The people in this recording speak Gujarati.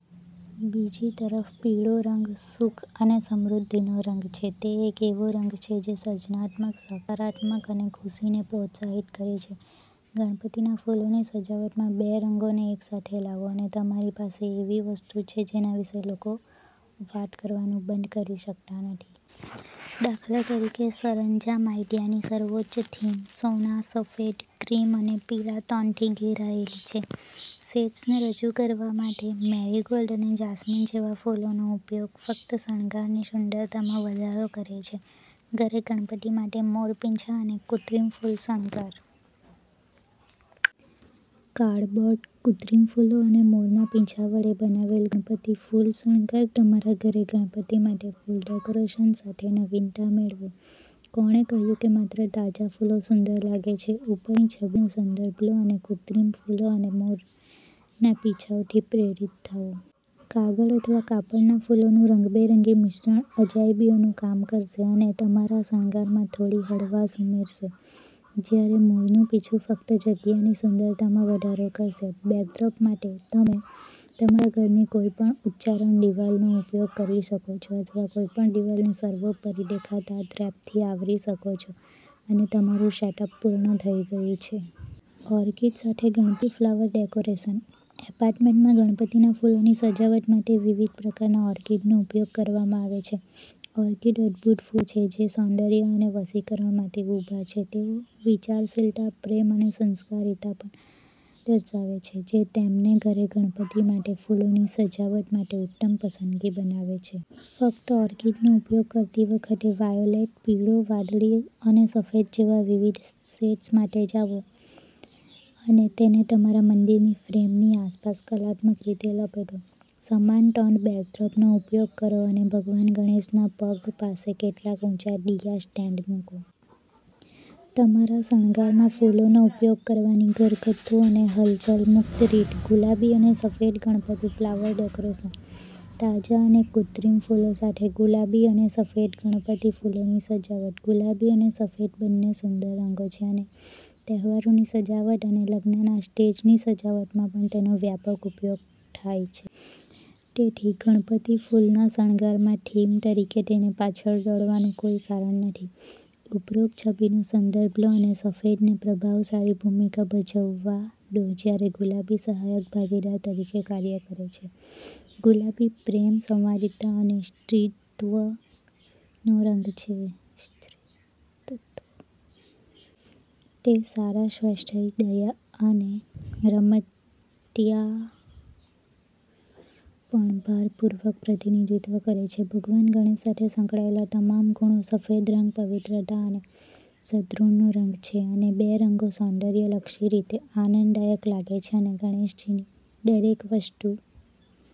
બીજી તરફ પીળો રંગ સુખ અને સમૃદ્ધિનો રંગ છે. તે એક એવો રંગ છે જે સર્જનાત્મકતા, સકારાત્મકતા અને ખુશીને પ્રોત્સાહિત કરે છે. ગણપતિના ફૂલોની સજાવટમાં બે રંગોને એકસાથે લાવો, અને તમારી પાસે એવી વસ્તુ છે જેના વિશે લોકો વાત કરવાનું બંધ કરી શકતા નથી. દાખલા તરીકે, સરંજામ આઈડિયાની સર્વોચ્ચ થીમ સોના, સફેદ, ક્રીમ અને પીળા ટોનથી ઘેરાયેલી છે. શેડ્સને રજૂ કરવા માટે મેરીગોલ્ડ અને જાસ્મિન જેવા ફૂલોનો ઉપયોગ ફક્ત શણગારની સુંદરતામાં વધારો કરે છે. ઘરે ગણપતિ માટે મોર પીંછા અને કુતિમ ફૂલ શણગાર. કાર્ડબોર્ડ, કૃત્રિમ ફૂલો અને મોરના પીંછા વડે બનાવેલ ગણપતિ ફૂલ શણગાર. તમારા ઘરે ગણપતિ માટે ફૂલ ડેકોરેશન સાથે નવીનતા મેળવો. કોણે કહ્યું કે માત્ર તાજા ફૂલો સુંદર લાગે છે? ઉપરની છબીનો સંદર્ભ લો અને કૃત્રિમ ફૂલો અને મોરના પીછાઓથી પ્રેરિત થાઓ. કાગળ અથવા કાપડના ફૂલોનું રંગબેરંગી મિશ્રણ અજાયબીઓનું કામ કરશે અને તમારા શણગારમાં થોડી હળવાશ ઉમેરશે, જ્યારે મોરનું પીંછા ફક્ત જગ્યાની સુંદરતામાં વધારો કરશે. બેકડ્રોપ માટે, તમે તમારા ઘરની કોઈપણ ઉચ્ચારણ દિવાલનો ઉપયોગ કરી શકો છો અથવા કોઈપણ દિવાલને સર્વોપરી દેખાતા ડ્રેપથી આવરી શકો છો, અને તમારું સેટઅપ પૂર્ણ થઈ ગયું છે! ઓર્કિડ સાથે ગણતિ ફ્લાવર ડેકોરેશન. એપાર્ટમેન્ટમાં ગણપતિના ફૂલોની સજાવટ માટે વિવિધ પ્રકારના ઓર્કિડનો ઉપયોગ કરવામાં આવે છે. ઓર્કિડ અદભૂત ફૂલ છે. જે સૌંદર્ય અને વશીકરણ માટે ઊભા છે. તેઓ વિચારશીલતા, પ્રેમ અને સંસ્કારિતા પણ દર્શાવે છે, જે તેમને ઘરે ગણપતિ માટે ફૂલોની સજાવટ માટે ઉત્તમ પસંદગી બનાવે છે. ફક્ત ઓર્કિડનો ઉપયોગ કરતી વખતે, વાયોલેટ, પીળો, વાદળી અને સફેદ જેવા વિવિધ શેડ્સ માટે જાઓ અને તેને તમારા મંદિરની ફ્રેમની આસપાસ કલાત્મક રીતે લપેટો. સમાન ટોન્ડ બેકડ્રોપનો ઉપયોગ કરો અને ભગવાન ગણેશના પગ પાસે કેટલાક ઊંચા દિયા સ્ટેન્ડ મૂકો. તમારા શણગારમાં ફૂલોનો ઉપયોગ કરવાની ઘરગથ્થુ અને હલચલ-મુક્ત રીત. ગુલાબી અને સફેદ ગણપતિ ફ્લાવર ડેકોરેશન. તાજા અને કૃત્રિમ ફૂલો સાથે ગુલાબી અને સફેદ ગણપતિ ફૂલોની સજાવટ. ગુલાબી અને સફેદ બંને સુંદર રંગો છે અને તહેવારોની સજાવટ અને લગ્નના સ્ટેજની સજાવટમાં પણ તેનો વ્યાપક ઉપયોગ થાય છે. તેથી, ગણપતિ ફૂલના શણગારમાં થીમ તરીકે તેને પાછળ છોડવાનું કોઈ કારણ નથી. ઉપરોક્ત છબીનો સંદર્ભ લો અને સફેદને પ્રભાવશાળી ભૂમિકા ભજવવા દો જ્યારે ગુલાબી સહાયક ભાગીદાર તરીકે કાર્ય કરે છે. ગુલાબી પ્રેમ, સંવાદિતા અને સ્ત્રીત્વનો રંગ છે. તે સારા સ્વાસ્થ્ય, દયા અને રમતિયા પણ ભારપૂર્વક પ્રતિનિધિત્વ કરે છે. ભગવાન ગણેશ સાથે સંકળાયેલા તમામ ગુણો. સફેદ રંગ પવિત્રતા અને સદ્ગુણનો રંગ છે, અને બે રંગો સૌંદર્યલક્ષી રીતે આનંદદાયક લાગે છે અને ગણેશજી દરેક વસ્તુ